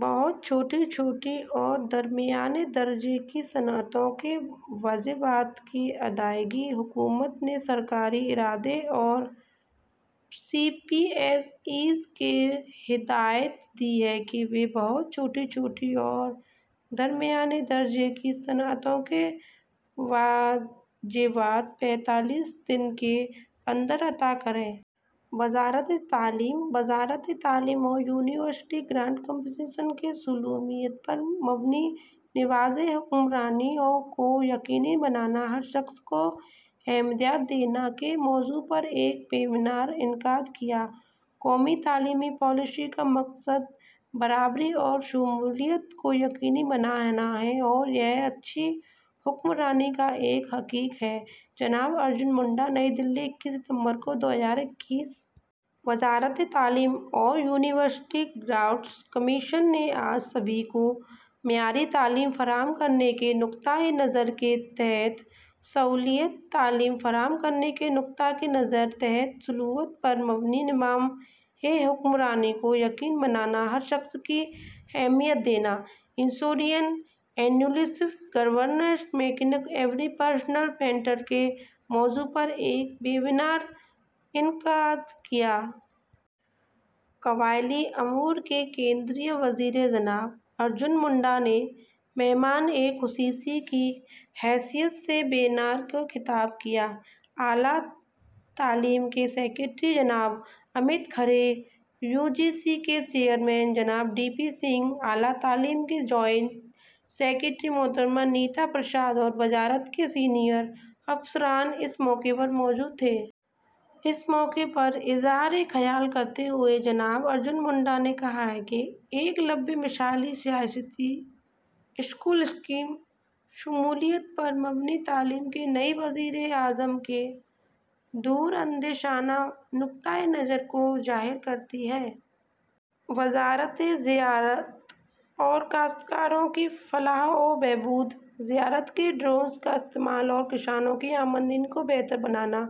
بہت چھوٹی، چھوٹی اور درمیانے درجے کی صنعتوں کے واجبات کی ادائیگی: حکومت نے سرکاری اداروں اور سی پی ایس ایز کو ہدایت کی ہے کہ وہ بہت چھوٹی، چھوٹی اور درمیانے درجے کی صنعتوں کے واجبات پینتالیس دن کے اندر ادا کریں۔ وزارتِ تعلیم وزارت تعلیم اور یونیورسٹی گرانٹس کمیشن نے 'شمولیت پر مبنی نظام حکمرانی کو یقینی بنانا: ہر شخص کو اہمیت دینا' کے موضوع پر ویبینار کا انعقاد کیا قومی تعلیمی پالیسی کا مقصد برابری اور شمولیت کو یقینی بنانا ہے اور یہ اچھی حکمرانی کا ایک حقیقی منشور ہے – جناب ارجن منڈا نئی دہلی، اکیس ستمبر دو ہزار اکیس۔ وزارت تعلیم اور یونیورسٹی گرانٹس کمیشن نے آج سبھی کو معیاری تعلیم فراہم کرنے کے نقطہ نظر کے تحت 'شمولیت پر مبنی نظام حکمرانی کو یقینی بنانا: ہر شخص کو اہمیت دینا ensuring inclusive governance: making every person matter' کے موضوع پر ایک ویبینار کا انعقاد کیا۔ قبائلی امور کے مرکزی وزیر جناب ارجن منڈا نے مہمان خصوصی کی حیثیت سے ویبینار سے خطاب کیا۔ اعلیٰ تعلیم کے سکریٹری جناب Amit Khare, U G C کے چیئرمین جناب ڈی پی سنگھ، اعلیٰ تعلیم کی جوائنٹ سکریٹری محترمہ نیتا پرساد اور وزارت کے سینئر افسران اس موقع پر موجود تھے۔ اس موقع پر اظہار خیال کرتے ہوئے جناب ارجن منڈا نے کہا کہ ایکلوویہ مثالی رہائشی اسکول اسکیم شمولیت پر مبنی تعلیم کے تئیں وزیر اعظم کے دوراندیشانہ نقطہ نظر کو ظاہر کرتی ہے۔ زراعت اور کاشتکاروں کی فلاح و بہبود کی وزارت زراعت میں ڈرونس کا استعمال اور کسانوں کی آمدنی کو بہتر بنانا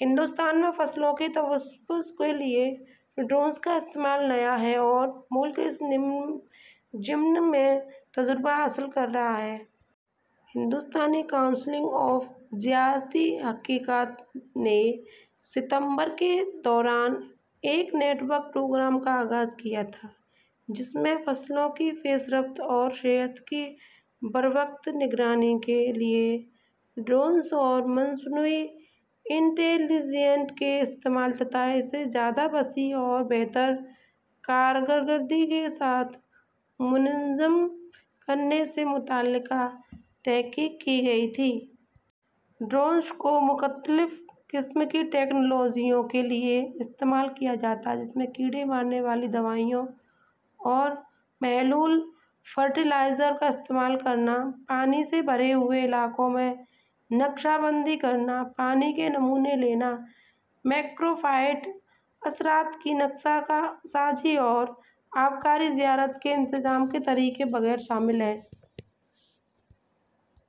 ہندوستان میں فصلوں کے تحفظ کے لئے ڈرونس کا استعمال نیا ہے اور ملک اس ضمن میں تجربہ حاصل کر رہا ہے۔ زرعی تحقیق کی ہندوستانی کونسل نے ستمبر کے دوران ایک نیٹ ورک پروگرام کا آغاز کیا تھا، جس میں فصلوں کی پیش رفت، صحت کی بروقت نگرانی کے لئے ڈرونس اور مصنوعی انٹلیجنس کے استعمال اور اسے وسیع تر ماحصل کارکردگی کے ساتھ منظم کرنے سے متعلق تحقیق کی گئی تھی۔ ڈرونس کو مختلف طرح کی ٹیکنالوجیوں کے لئے استعمال کیا جاتا ہے جس میں کیڑے مار اور محلول فرٹیلائزر کا استعمال کرنا، پانی بھرے ہوئے علاقوں کی نقشہ بندی کرنا، پانی کے نمونے لینا، میکروفائٹ اثرات کی نقشہ سازی اور آبی زراعت کے انتظام کے طریقے وغیرہ شامل ہیں۔